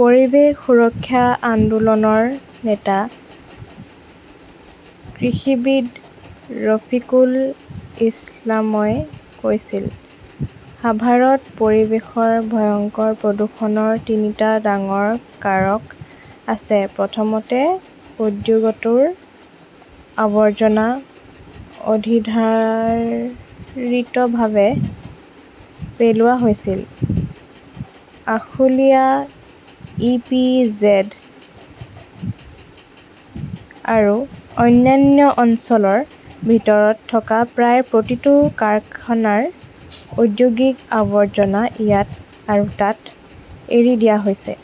পৰিৱেশ সুৰক্ষা আন্দোলনৰ নেতা কৃষিবিদ ৰফিকুল ইছলামই কৈছিল। "সাভাৰত পৰিৱেশৰ ভয়ংকৰ প্ৰদূষণৰ তিনিটা ডাঙৰ কাৰক আছে। প্ৰথমতে, উদ্যোগটোৰ আৱৰ্জনা অধিৰ্ধাৰিতভাৱে পেলোৱা হৈছিল। আশুলিয়া, ই. পি. জেড. আৰু অন্যান্য অঞ্চলৰ ভিতৰত থকা প্ৰায় প্ৰতিটো কাৰখানাৰ ঔদ্যোগিক আৱৰ্জনা ইয়াত আৰু তাত এৰি দিয়া হৈছে।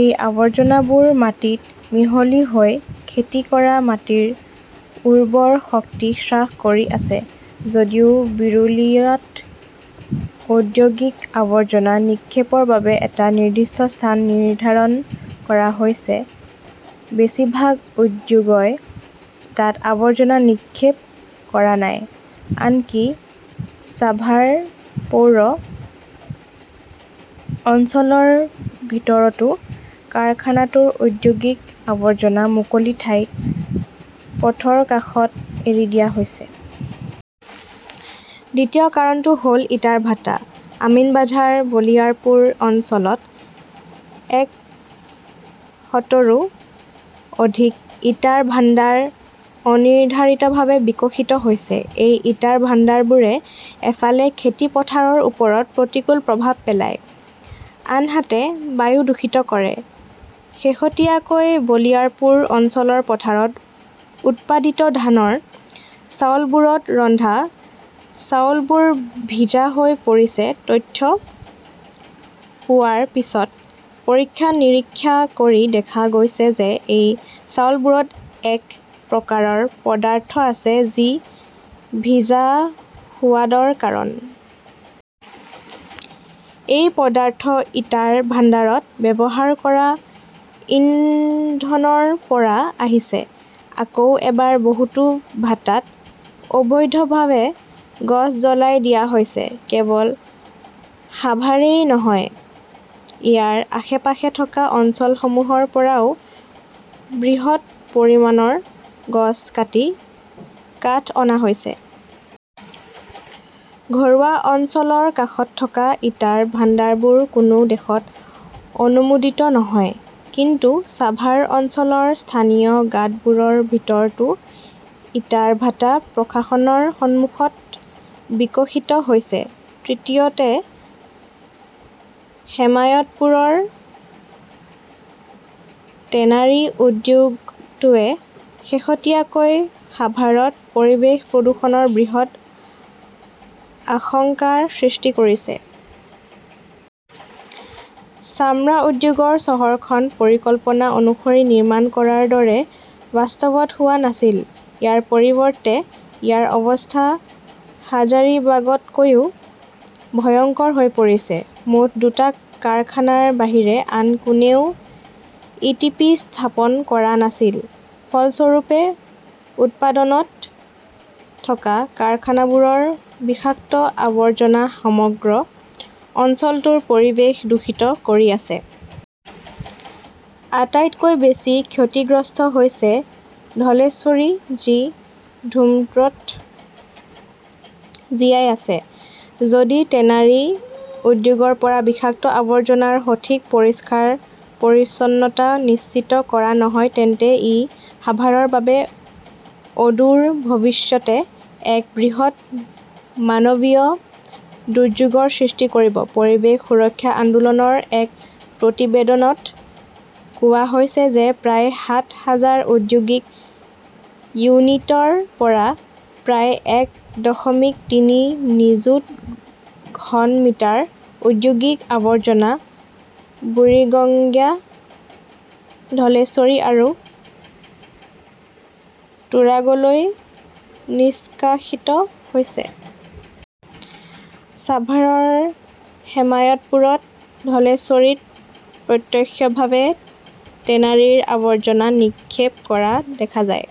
এই আৱৰ্জনাবোৰ মাটিত মিহলি হৈ খেতি কৰা মাটিৰ উৰ্বৰ শক্তি হ্ৰাস কৰি আছে। যদিও বিৰুলিয়াত ঔদ্যোগিক আৱৰ্জনা নিক্ষেপৰ বাবে এটা নিৰ্দিষ্ট স্থান নিৰ্ধাৰণ কৰা হৈছে, বেছিভাগ উদ্যোগই তাত আৱৰ্জনা নিক্ষেপ কৰা নাই। আনকি ছাভাৰ পৌৰ অঞ্চলৰ ভিতৰতো কাৰখানাটোৰ ঔদ্যোগিক আৱৰ্জনা মুকলি ঠাইত, পথৰ কাষত এৰি দিয়া হৈছে। দ্বিতীয় কাৰণটো হ "ল ইটাৰ ভাটা। আমিনবাঝাৰ, বলিয়াৰপুৰ অঞ্চলত একশতৰো অধিক ইটাৰ ভাণ্ডাৰ অনিৰ্ধাৰিতভাৱে বিকশিত হৈছে। এই ইটাৰ ভাণ্ডাৰবোৰে এফালে খেতি পথাৰৰ ওপৰত প্ৰতিকূল প্ৰভাৱ পেলায়, আনহাতে বায়ু দূষিত কৰে। শেহতীয়াকৈ বলিয়াৰপুৰ অঞ্চলৰ পথাৰত উৎপাদিত ধানৰ চাউলবোৰত ৰন্ধা চাউলবোৰ ভিজা হৈ পৰিছে-তথ্য পোৱাৰ পিছত পৰীক্ষা-নিৰীক্ষা কৰি দেখা গৈছে যে এই চাউলবোৰত এক প্ৰকাৰৰ পদাৰ্থ আছে যি ভিজা সোৱাদৰ কাৰণ। এই পদাৰ্থ ইটাৰ ভাণ্ডাৰত ব্যৱহাৰ কৰা ইন্ধনৰ পৰা আহিছে। আকৌ এবাৰ, বহুতো ভাটাত অবৈধভাৱে গছ জ্বলাই দিয়া হৈছে। কেৱল সাভাৰেই নহয়, ইয়াৰ আশে-পাশে থকা অঞ্চলসমূহৰ পৰাও বৃহৎ পৰিমাণৰ গছ কাটি কাঠ অনা হৈছে। ঘৰুৱা অঞ্চলৰ কাষত থকা ইটাৰ ভাণ্ডাৰবোৰ কোনো দেশত অনুমোদিত নহয়। কিন্তু ছাভাৰ অঞ্চলৰ স্থানীয় গাঁতবোৰৰ ভিতৰতো ইটাৰ ভাটা প্ৰশাসনৰ সন্মুখত বিকশিত হৈছে। তৃতীয়তে, হেমায়তপুৰৰ টেনাৰী উদ্যোগটোৱে শেহতীয়াকৈ সাভাৰত পৰিৱেশ প্ৰদূষণৰ বৃহৎ আশংকাৰ সৃষ্টি কৰিছে। চামৰা উদ্যোগৰ চহৰখন পৰিকল্পনা অনুসৰি নিৰ্মাণ কৰাৰ দৰে বাস্তৱত হোৱা নাছিল। ইয়াৰ পৰিৱৰ্তে, ইয়াৰ অৱস্থা হাজাৰিবাগতকৈও ভয়ংকৰ হৈ পৰিছে। মুঠ দুটা কাৰখানাৰ বাহিৰে আন কোনেও ই. টি. পি. স্থাপন কৰা নাছিল। ফলস্বৰূপে, উৎপাদনত থকা কাৰখানাবোৰৰ বিষাক্ত আৱৰ্জনা সমগ্ৰ অঞ্চলটোৰ পৰিৱেশ দূষিত কৰি আছে। আটাইতকৈ বেছি ক্ষতিগ্ৰস্ত হৈছে ধলেশ্বৰী, যি ধূম্ৰত জীয়াই আছে। যদি টেনাৰী উদ্যোগৰ পৰা বিষাক্ত আৱৰ্জনাৰ সঠিক পৰিষ্কাৰ-পৰিচ্ছন্নতা নিশ্চিত কৰা নহয় তেন্তে ই সাভাৰৰ বাবে অদূৰ ভৱিষ্যতে এক বৃহৎ মানৱীয় দুৰ্যোগৰ সৃষ্টি কৰিব। পৰিৱেশ সুৰক্ষা আন্দোলনৰ এক প্ৰতিবেদনত কোৱা হৈছে যে প্ৰায় সাত হাজাৰ ঔদ্যোগিক ইউনিটৰ পৰা প্ৰায় এক দশমিক তিনি নিযুত ঘন মিটাৰ ঔদ্যোগিক আৱৰ্জনা বুৰিগঙ্গা, ধলেশ্বৰী আৰু তুৰাগলৈ নিষ্কাশিত হৈছে। চাভাৰৰ হেমায়তপুৰত ধলেশ্বৰীত প্ৰত্যক্ষভাৱে টেনাৰীৰ আৱৰ্জনা নিক্ষেপ কৰা দেখা যায়।